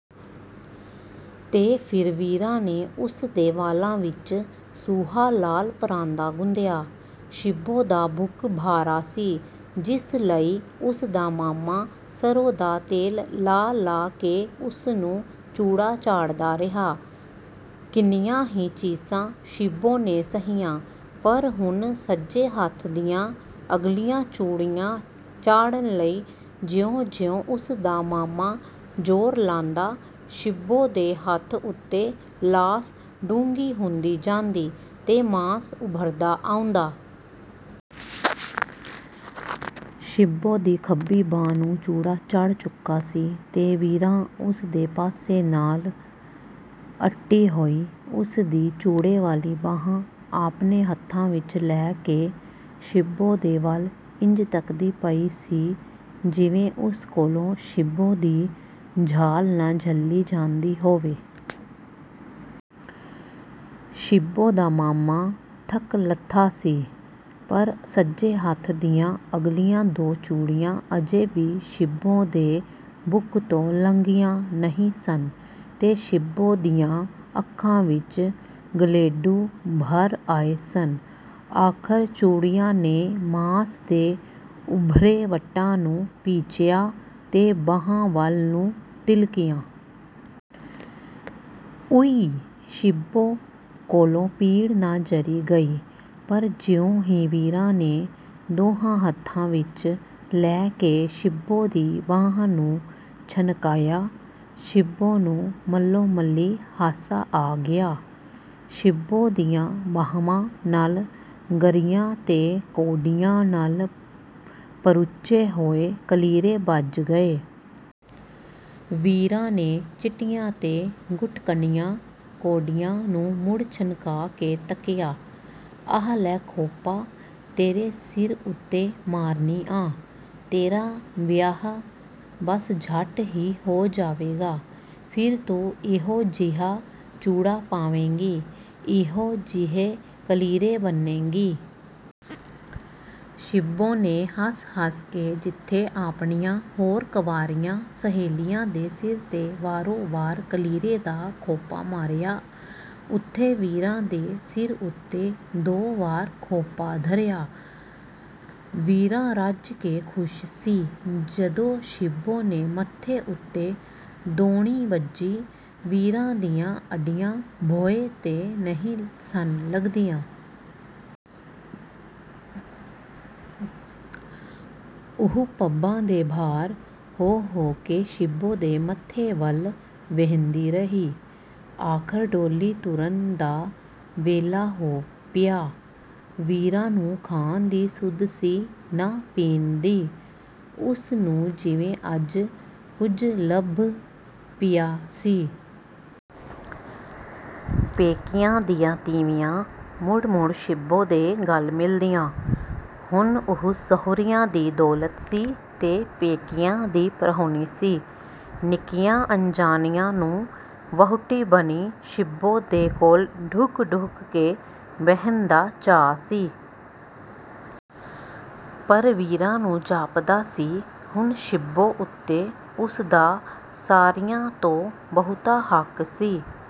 ਤੇ ਫਿਰ ਵੀਰਾਂ ਨੇ ਉਸ ਦੇ ਵਾਲਾਂ ਵਿੱਚ ਸੂਹਾ ਲਾਲ ਪਰਾਂਦਾ ਗੁੰਦਿਆ। ਸ਼ਿੱਬੋ ਦਾ ਬੁੱਕ ਭਾਰਾ ਸੀ, ਜਿਸ ਲਈ ਉਸ ਦਾ ਮਾਮਾ ਸਰ੍ਹੋਂ ਦਾ ਤੇਲ ਲਾ-ਲਾ ਕੇ ਉਸ ਨੂੰ ਚੂੜਾ ਚਾੜ੍ਹਦਾ ਰਿਹਾ। ਕਿੰਨੀਆਂ ਹੀ ਚੀਸਾਂ ਸ਼ਿੱਬੋ ਨੇ ਸਹੀਆਂ, ਪਰ ਹੁਣ ਸੱਜੇ ਹੱਥ ਦੀਆਂ ਅਗਲੀਆਂ ਚੂੜੀਆਂ ਚਾੜ੍ਹਨ ਲਈ ਜਿਉਂ-ਜਿਉਂ ਉਸ ਦਾ ਮਾਮਾ ਜ਼ੋਰ ਲਾਂਦਾ, ਸ਼ਿੱਬੋ ਦੇ ਹੱਥ ਉੱਤੇ ਲਾਸ ਡੂੰਘੀ ਹੁੰਦੀ ਜਾਂਦੀ ਤੇ ਮਾਸ ਉੱਭਰਦਾ ਆਉਂਦਾ। ਸ਼ਿੱਬੋ ਦੀ ਖੱਬੀ ਬਾਂਹ ਨੂੰ ਚੂੜਾ ਚੜ੍ਹ ਚੁੱਕਾ ਸੀ ਤੇ ਵੀਰਾਂ ਉਸ ਦੇ ਪਾਸੇ ਨਾਲ ਅੱਟੀ ਹੋਈ, ਉਸ ਦੀ ਚੂੜੇ ਵਾਲੀ ਬਾਂਹ ਆਪਣੇ ਹੱਥਾਂ ਵਿੱਚ ਲੈ ਕੇ ਸ਼ਿੱਬੋ ਦੇ ਵੱਲ ਇੰਝ ਤੱਕਦੀ ਪਈ ਸੀ, ਜਿਵੇਂ ਉਸ ਕੋਲੋਂ ਸ਼ਿੱਬੋ ਦੀ ਝਾਲ ਨਾ ਝੱਲੀ ਜਾਂਦੀ ਹੋਵੇ। ਸ਼ਿੱਬੋ ਦਾ ਮਾਮਾ ਥੱਕ-ਲੱਥਾ ਸੀ, ਪਰ ਸੱਜੇ ਹੱਥ ਦੀਆਂ ਅਗਲੀਆਂ ਦੋ ਚੂੜੀਆਂ ਅਜੇ ਵੀ ਸ਼ਿੱਬੋ ਦੇ ਬੁੱਕ ਤੋਂ ਲੰਘੀਆਂ ਨਹੀਂ ਸਨ ਤੇ ਸ਼ਿੱਬੋ ਦੀਆਂ ਅੱਖਾਂ ਵਿੱਚ ਗਲੇਡੂ ਭਰ ਆਏ ਸਨ। ਆਖ਼ਰ ਚੂੜੀਆਂ ਨੇ ਮਾਸ ਦੇ ਉੱਭਰੇ ਵੱਟਾਂ ਨੂੰ ਪੀਚਿਆ ਤੇ ਬਾਂਹ ਵੱਲ ਨੂੰ ਤਿਲਕੀਆਂ। “ਉਈ...” ਸ਼ਿੱਬੋ ਕੋਲੋਂ ਪੀੜ ਨਾ ਜਰੀ ਗਈ, ਪਰ ਜਿਉਂ ਹੀ ਵੀਰਾਂ ਨੇ ਦੋਹਾਂ ਹੱਥਾਂ ਵਿੱਚ ਲੈ ਕੇ ਸ਼ਿੱਬੋ ਦੀ ਬਾਂਹ ਨੂੰ ਛਨਕਾਇਆ, ਸ਼ਿੱਬੋ ਨੂੰ ਮੱਲੋ-ਮੱਲੀ ਹਾਸਾ ਆ ਗਿਆ। ਸ਼ਿੱਬੋ ਦੀਆਂ ਬਾਂਹਵਾਂ ਨਾਲ ਗਰੀਆਂ ਤੇ ਕੌਡੀਆਂ ਨਾਲ ਪਰੁਚੇ ਹੋਏ ਕਲੀਰੇ ਬੱਝ ਗਏ। ਵੀਰਾਂ ਨੇ ਚਿੱਟੀਆਂ ਤੇ ਗੁੱਟਕਣੀਆਂ ਕੌਡੀਆਂ ਨੂੰ ਮੁੜ ਛਣਕਾ ਕੇ ਤੱਕਿਆ। “ਆਹ ਲੈ ਖੋਪਾ ਤੇਰੇ ਸਿਰ ਉੱਤੇ ਮਾਰਨੀ ਆਂ। ਤੇਰਾ ਵਿਆਹ ਬੱਸ ਝੱਟ ਹੀ ਹੋ ਜਾਵੇਗਾ। ਫਿਰ ਤੂੰ ਇਹੋ-ਜਿਹਾ ਚੂੜਾ ਪਾਵੇਂਗੀ, ਇਹੋ ਜਿਹੇ ਕਲੀਰੇ ਬੰਨ੍ਹੇਂਗੀ।” ਸ਼ਿੱਬੋ ਨੇ ਹੱਸ-ਹੱਸ ਕੇ ਜਿੱਥੇ ਆਪਣੀਆਂ ਹੋਰ ਕੰਵਾਰੀਆਂ ਸਹੇਲੀਆਂ ਦੇ ਸਿਰ 'ਤੇ ਵਾਰੋ-ਵਾਰ ਕਲੀਰੇ ਦਾ ਖੋਪਾ ਮਾਰਿਆ, ਉੱਥੇ ਵੀਰਾਂ ਦੇ ਸਿਰ ਉੱਤੇ ਦੋ ਵਾਰ ਖੋਪਾ ਧਰਿਆ। ਵੀਰਾਂ ਰੱਜ ਕੇ ਖੁਸ਼ ਸੀ। ਜਦੋਂ ਸ਼ਿੱਬੋ ਨੇ ਮੱਥੇ ਉੱਤੇ ਦੌਣੀ ਬੱਝੀ, ਵੀਰਾਂ ਦੀਆਂ ਅੱਡੀਆਂ ਭੋਏਂ 'ਤੇ ਨਹੀਂ ਸਨ ਲੱਗਦੀਆਂ। ਉਹ ਪੱਬਾਂ ਦੇ ਭਾਰ ਹੋ-ਹੋ ਕੇ ਸ਼ਿੱਬੋ ਦੇ ਮੱਥੇ ਵੱਲ ਵੇਂਹਦੀ ਰਹੀ। ਆਖ਼ਰ ਡੋਲੀ ਤੁਰਨ ਦਾ ਵੇਲਾ ਹੋ ਪਿਆ। ਵੀਰਾਂ ਨੂੰ ਖਾਣ ਦੀ ਸੁੱਧ ਸੀ ਨਾ ਪੀਣ ਦੀ। ਉਸ ਨੂੰ ਜਿਵੇਂ ਅੱਜ ਕੁਝ ਲੱਭ ਪਿਆ ਸੀ। ਪੇਕਿਆਂ ਦੀਆਂ ਤੀਵੀਆਂ ਮੁੜ-ਮੁੜ ਸ਼ਿੱਬੋ ਦੇ ਗਲ ਮਿਲਦੀਆਂ। ਹੁਣ ਉਹ ਸਹੁਰਿਆਂ ਦੀ ਦੌਲਤ ਸੀ ਤੇ ਪੇਕਿਆਂ ਦੀ ਪ੍ਰਾਹੁਣੀ ਸੀ। ਨਿੱਕਿਆਂ ਅੰਜਾਣਿਆਂ ਨੂੰ ਵਹੁਟੀ ਬਣੀ ਸ਼ਿੱਬੋ ਦੇ ਕੋਲ ਢੁਕ-ਢੁਕ ਕੇ ਬਹਿਣ ਦਾ ਚਾਅ ਸੀ। ਪਰ ਵੀਰਾਂ ਨੂੰ ਜਾਪਦਾ ਸੀ, ਹੁਣ ਸ਼ਿੱਬੋ ਉੱਤੇ ਉਸ ਦਾ ਸਾਰਿਆਂ ਤੋਂ ਬਹੁਤਾ ਹੱਕ ਸੀ।